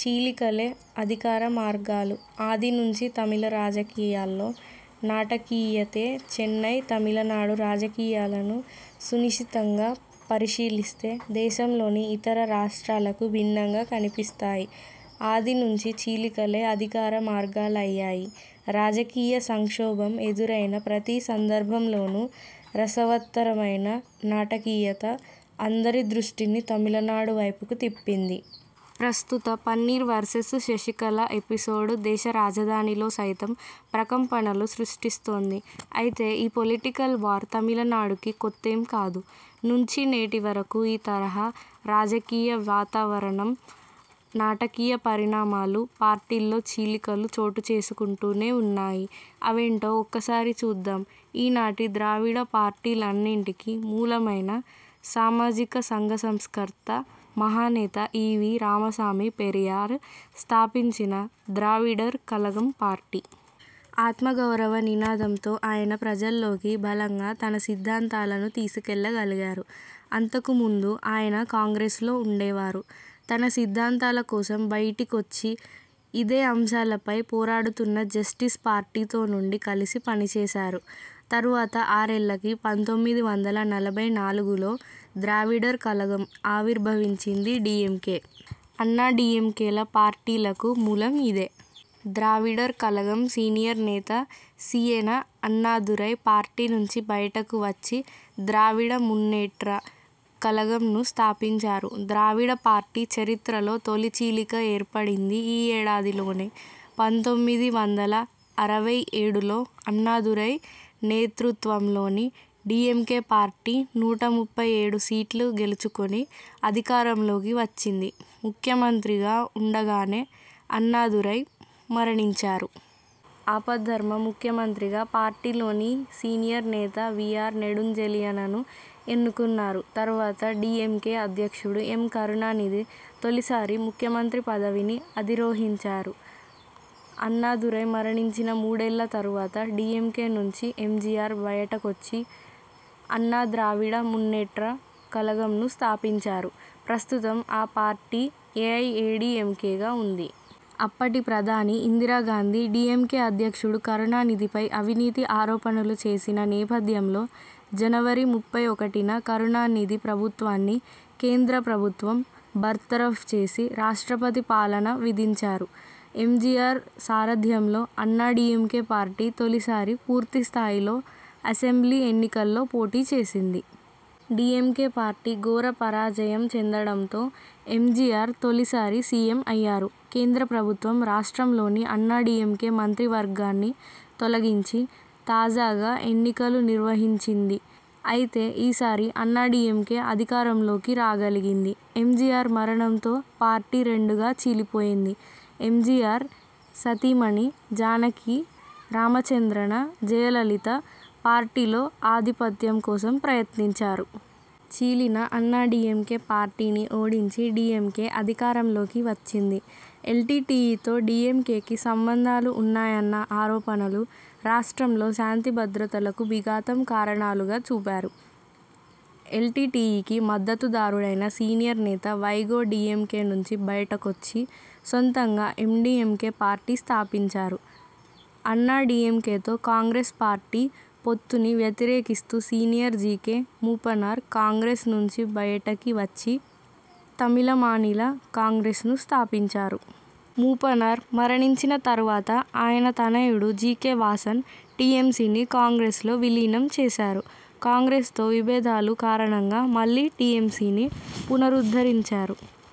చీలికలే అధికార మార్గాలు ఆది నుంచి తమిళ రాజకీయాల్లో నాటకీయతేచెన్నై తమిళనాడు రాజకీయాలను సునిశితంగా పరి శీలిస్తే దేశంలోని ఇతర రాష్ట్రాలకు భిన్నంగా కనిపిస్తాయి. ఆది నుంచి చీలికలే అధికార మార్గాలయ్యాయి. రాజకీయ సంక్షోభం ఎదురైన ప్రతి సందర్భంలోనూ రసవత్తరమైన నాటకీయత అందరి దృష్టిని తమిళనాడు వైపుకు తిప్పింది. ప్రస్తుత 'పన్నీర్ వర్సెస్ శశికళ' ఎపిసోడ్ దేశ రాజధానిలో సైతం ప్రకంపనలు సృష్టిస్తోంది. అయితే ఈ పొలిటికల్ వార్ తమిళ నాడుకి కొత్తేం కాదు. నుంచి నేటి వరకు ఈ తరహా రాజకీయ వాతావరణం, నాటకీయ పరిణామాలు, పార్టీల్లో చీలికలు చోటుచేసు కుంటూనే వున్నాయి. అవేంటో ఒక్కసారి చూద్దాం ఈనాటి ద్రావిడ పార్టీలన్నింటికీ మూలమైన సామాజిక సంఘ సంస్కర్త, మహానేత ఈవీ రామసామి పెరియార్ స్థాపించిన ద్రావిడర్ కళగం పార్టీ. ఆత్మగౌరవ నినాదంతో ఆయన ప్రజల్లోకి బలంగా తన సిద్ధాంతాలను తీసుకెళ్లగలిగారు. అంతకుముందు ఆయన కాంగ్రెస్లో ఉండేవారు. తన సిద్ధాంతాల కోసం బయటికొచ్చి, ఇదే అంశాలపై పోరాడుతున్న జస్టిస్ పార్టీతో నుండి కలిసి పనిచేశారు. తరువాత ఆరేళ్లకి పంతొమ్మిది వందల నలభై నాలుగులో 'ద్రావిడర్ కళగం' ఆవిర్భవించింది డీఎంకే, అన్నాడీఎంకేల పార్టీలకు మూలం ఇదే. ద్రావిడర్ కళగం సీనియర్ నేత సీఎన అన్నాదురై పార్టీ నుంచి బయటకు వచ్చి ద్రావిడ మున్నేట్ర కళగం ను స్థాపించారు. ద్రావిడ పార్టీ చరిత్రలో తొలి చీలిక ఏర్పడింది ఈ ఏడాదిలోనే. పంతొమ్మిది వందల అరవై ఏడులో అన్నాదురై నేతృత్వంలోని డీఎంకే పార్టీ నూట ముప్పై ఏడు సీట్లు గెల్చుకుని అధికారంలోకి వచ్చింది ముఖ్యమంత్రిగా ఉండగానే అన్నాదురై మరణించారు. ఆపద్ధర్మ ముఖ్యమంత్రిగా పార్టీలోని సీనియర్ నేత వీఆర్ నెడుంజెళియనను ఎన్నుకున్నారు. తరువాత డీఎంకే అధ్యక్షుడు ఎం.కరుణానిధి తొలిసారి ముఖ్య మంత్రి పదవిని అధిరోహించారు. అన్నాదురై మరణించిన మూడేళ్ల తరువాత డీఎంకే నుంచి ఎంజీఆర్ బయటకొచ్చి అన్నా ద్రావిడ మున్నేట్ర కళగం ను స్థాపించారు. ప్రస్తుతం ఆ పార్టీ ఏఐఏడీఎంకేగా ఉంది. అప్పటి ప్రధాని ఇందిరాగాంధి డీఎంకే అధ్యక్షుడు కరుణానిధిపై అవినీతి ఆరోపణలు చేసిన నేపథ్యంలోజనవరి ముప్పై ఒకటిన కరుణానిధి ప్రభు త్వాన్ని కేంద్ర ప్రభుత్వం బర్తరఫ్ చేసి, రాష్ట్రపతి పాలన విధించారు ఎంజీఆర్ సారథ్యంలో అన్నాడీఎంకే పార్టీ తొలిసారి పూర్తి స్థాయిలో అసెంబ్లీ ఎన్నికల్లో పోటీ చేసింది. డీఎంకే పార్టీ ఘోర పరా జయం చెందడంతో ఎంజీఆర్ తొలిసారి సీఎం అయ్యారు. కేంద్ర ప్రభుత్వం రాష్ట్రంలోని అన్నాడీఎంకే మంత్రివర్గాన్ని తొలగించి, తాజాగా ఎన్నికలు నిర్వహించింది. అయితే ఈసారీ అన్నాడీఎంకే అధికారంలోకి రాగలిగింది. ఎంజీఆర్ మరణంతో పార్టీ రెండుగా చీలిపోయింది. ఎంజీఆర్ సతీమణి జానకి రామచంద్రన, జయలలిత పార్టీలో ఆధిపత్యం కోసం ప్రయత్నించారు. చీలిన అన్నాడీఎంకే పార్టీని ఓడించి డీఎంకే అధికారంలోకి వచ్చింది. ఎల్టీటీఈతో డీఎంకేకి సంబంధాలు ఉన్నాయన్న ఆరోపణలు, రాష్ట్రంలో శాంతి భద్రతలకు విఘాతం కారణాలుగా చూపారు. ఎల్టీటీఈకి మద్ధతుదారుడైన సీనియర్ నేత వైగో డీఎంకే నుంచి బయటకొచ్చి, సొంతంగా ఎండీఎంకే పార్టీ స్థాపించారు. అన్నాడీఎంకేతో కాంగ్రెస్ పార్టీ పొత్తుని వ్యతిరేకిస్తూ సీనియర్ జీకే మూపనార్ కాంగ్రెస్ నుంచి బయటకి వచ్చి తమిళ మానిల కాంగ్రెస్ ను స్థాపించారు. మూపనార్ మరణించిన తరువాత ఆయన తనయుడు జీకే వాసన్ టీఎంసీని కాంగ్రెస్లో విలీనం చేశారు. కాంగ్రెస్తో విభేదాలు కారణంగా మళ్లీ టీఎంసీని పునరుద్ధరించారు.